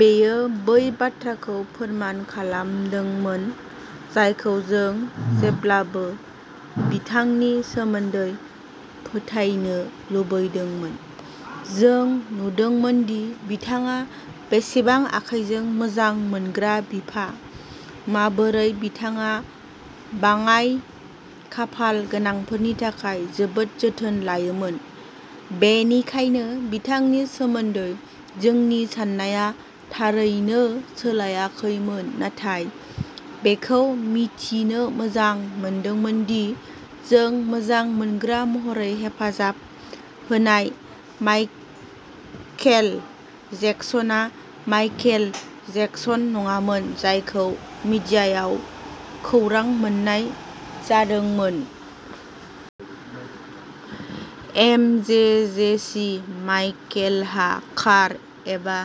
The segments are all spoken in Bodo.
बेयो बै बाथ्राखौ फोरमान खालामदोंमोन जायखौ जों जेब्लाबो बिथांनि सोमोन्दै फोथायनो लुबैदोंमोन। जों नुदोंमोनदि बिथाङा बेसेबां आखाइजों मोजां मोनग्रा बिफा, माबोरै बिथाङा बाङाइ खाफाल गोनांफोरनि थाखाय जोबोद जोथोन लायोमोन। बेनिखायनो, बिथांनि सोमोन्दै जोंनि साननाया थारैनो सोलायाखैमोन, नाथाय बेखौ मिथिनो मोजां मोनदोंमोनदि जों मोजां मोनग्रा महरै हेफाजाब होनाय माइकेल जेक्सनआ माइकेल जेक्सन नङामोन जायखौ मिडियायाव खौरां मोन्नाय जादोंमोन। एमजेजेसी माइकेलहा कार एबा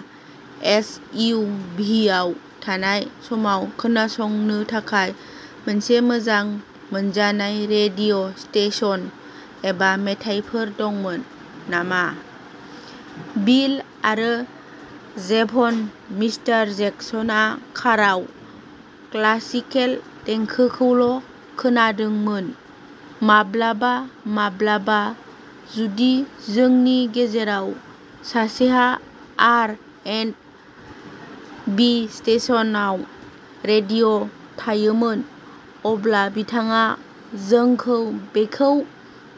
एस यु भिआव थानाय समाव खोनासंनो थाखाय मोनसे मोजां मोनजानाय रेडिअ' स्टेशन एबा मेथाइफोर दंमोन नामा? बिल आरो जेभन मिस्टार जेक्सनआ कारआव क्लासिकेल देंखोखौल' खोनादोंमोन। माब्लाबा-माब्लाबा, जुदि जोंनि गेजेराव सासेहा आर एन्ड बि स्टेशनआव रेडिअ' थायोमोन, अब्ला बिथाङा जोंखौ बेखौ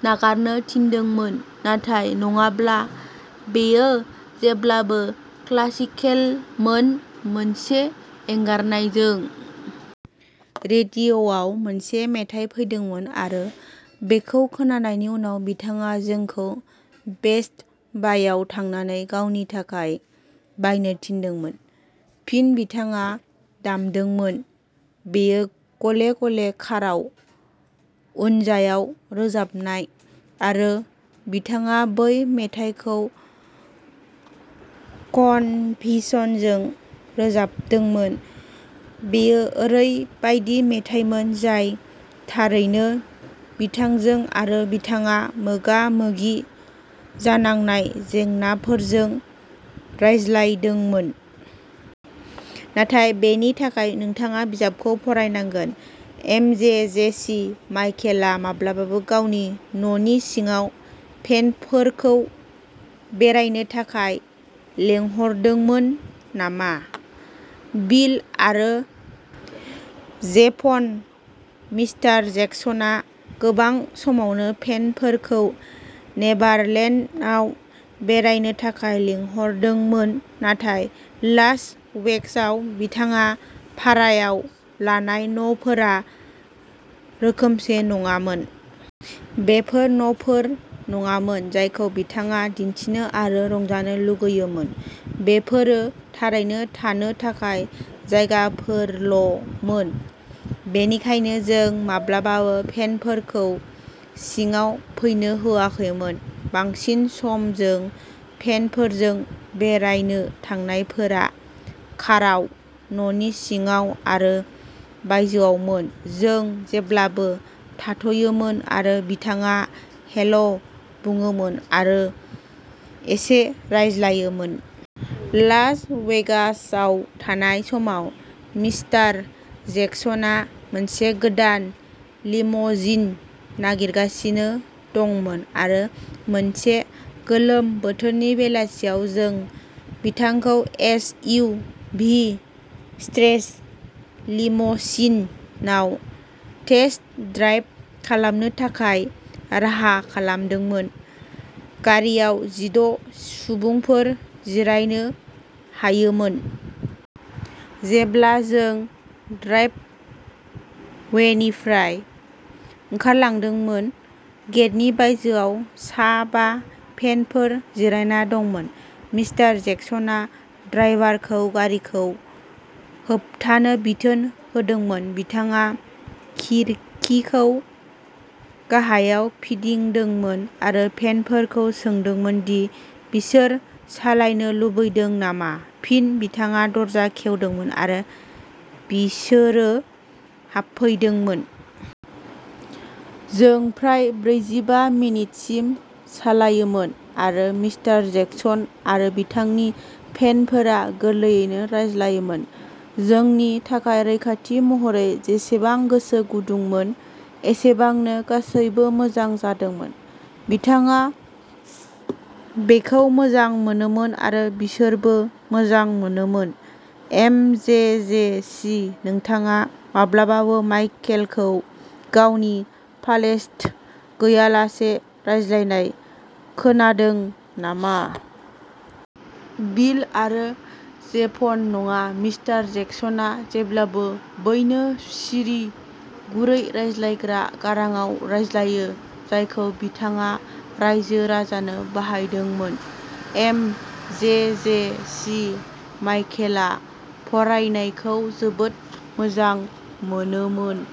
नागारनो थिनदोंमोन, नाथाय नङाब्ला बेयो जेब्लाबो क्लासिकेलमोन मोनसे एंगारनायजों। रेडिअ'आव मोनसे मेथाइ फैदोंमोन आरो बेखौ खोनानायनि उनाव बिथाङा जोंखौ बेस्ट बायआव थांनानै गावनि थाखाय बायनो थिनदोंमोन। फिन बिथाङा दामदोंमोन। बेयो गले-गले काराव, उनजायाव रोजाबनाय आरो बिथाङा बै मेथाइखौ कनभिचिसनजों रोजाबदोंमोन। बेयो ओरैबायदि मेथाइमोन जाय थारैनो बिथांजों आरो बिथाङा मोगा-मोगि जानांनाय जेंनाफोरजों रायज्लायदोंमोन। नाथाय बेनि थाखाय नोंथाङा बिजाबखौ फरायनांगोन। एमजेजेसि माइकेलआ माब्लाबाबो गावनि न'नि सिङाव फेनफोरखौ बेरायनो थाखाय लिंहरदोंमोन नामा? बिल आरो जेभन मिस्टार जेक्सनआ गोबां समावनो फेनफोरखौ नेभारलेन्डआव बेरायनो थाखाय लिंहरदोंमोन, नाथाय लास वेगासआव बिथाङा भारायाव लानाय न'फोरा रोखोमसे नङामोन। बेफोर न'फोर नङामोन जायखौ बिथाङा दिन्थिनो आरो रंजानो लुगैयोमोन। बेफोरो थारैनो थानो थाखाय जायगाफोरल'मोन। बेनिखायनो जों माब्लाबाबो फेनफोरखौ सिङाव फैनो होआखैमोन। बांसिन सम जों फेनफोरजों बेरायनो थांनायफोरा काराव, न'नि सिङाव आरो बायजोआवमोन। जों जेब्लाबो थाथ'योमोन आरो बिथाङा हेल' बुङोमोन आरो एसे रायज्लायोमोन। लास वेगासआव थानाय समाव, मिस्टार जेक्सनआ मोनसे गोदान लिम'जिन नागिरगासिनो दंमोन, आरो मोनसे गोलोम बोथोरनि बेलासियाव जों बिथांखौ एस. यु. भि. स्ट्रेच लिम'सिनआव टेस्ट ड्राइभ खालामनो थाखाय राहा खालामदोंमोन। गारिआव जिद' सुबुंफोर जिरायनो हायोमोन। जेब्ला जों ड्राइभवेनिफ्राय ओंखारलांदोंमोन, गेटनि बायजोआव सा बा फेनफोर जिरायना दंमोन। मिस्टार जेक्सनआ ड्राइभारखौ गारिखौ होबथानो बिथोन होदोंमोन, बिथाङा खिरखिखौ गाहायाव फिदिंदोंमोन आरो फेनफोरखौ सोंदोंमोन दि बिसोर सालायनो लुबैदों नामा। फिन बिथाङा दरजा खेवदोंमोन आरो बिसोरो हाबफैदोंमोन। जों फ्राय ब्रैजिबा मिनिटसिम सालायोमोन आरो मिस्टार जेक्सन आरो बिथांनि फेनफोरा गोरलैयैनो रायज्लायोमोन। जोंनि थाखाय रैखाथि महरै जेसेबां गोसो गुदुंमोन एसेबांनो, गासैबो मोजां जादोंमोन। बिथाङा बेखौ मोजां मोनोमोन आरो बिसोरबो मोजां मोनोमोन। एम जे जे सि नोंथाङा माब्लाबाबो माइकेलखौ गावनि फालेसट गैयालासे रायज्लायनाय खोनादों नामा? बिल आरो जेभन नङा। मिस्टार जेक्सनआ जेब्लाबो बैनो सिरि, गुरै रायज्लायग्रा गारांआव रायज्लायो जायखौ बिथाङा रायजो-राजानो बाहायदोंमोन। एम जे जे सि माइकेलआ फरायनायखौ जोबोद मोजां मोनोमोन।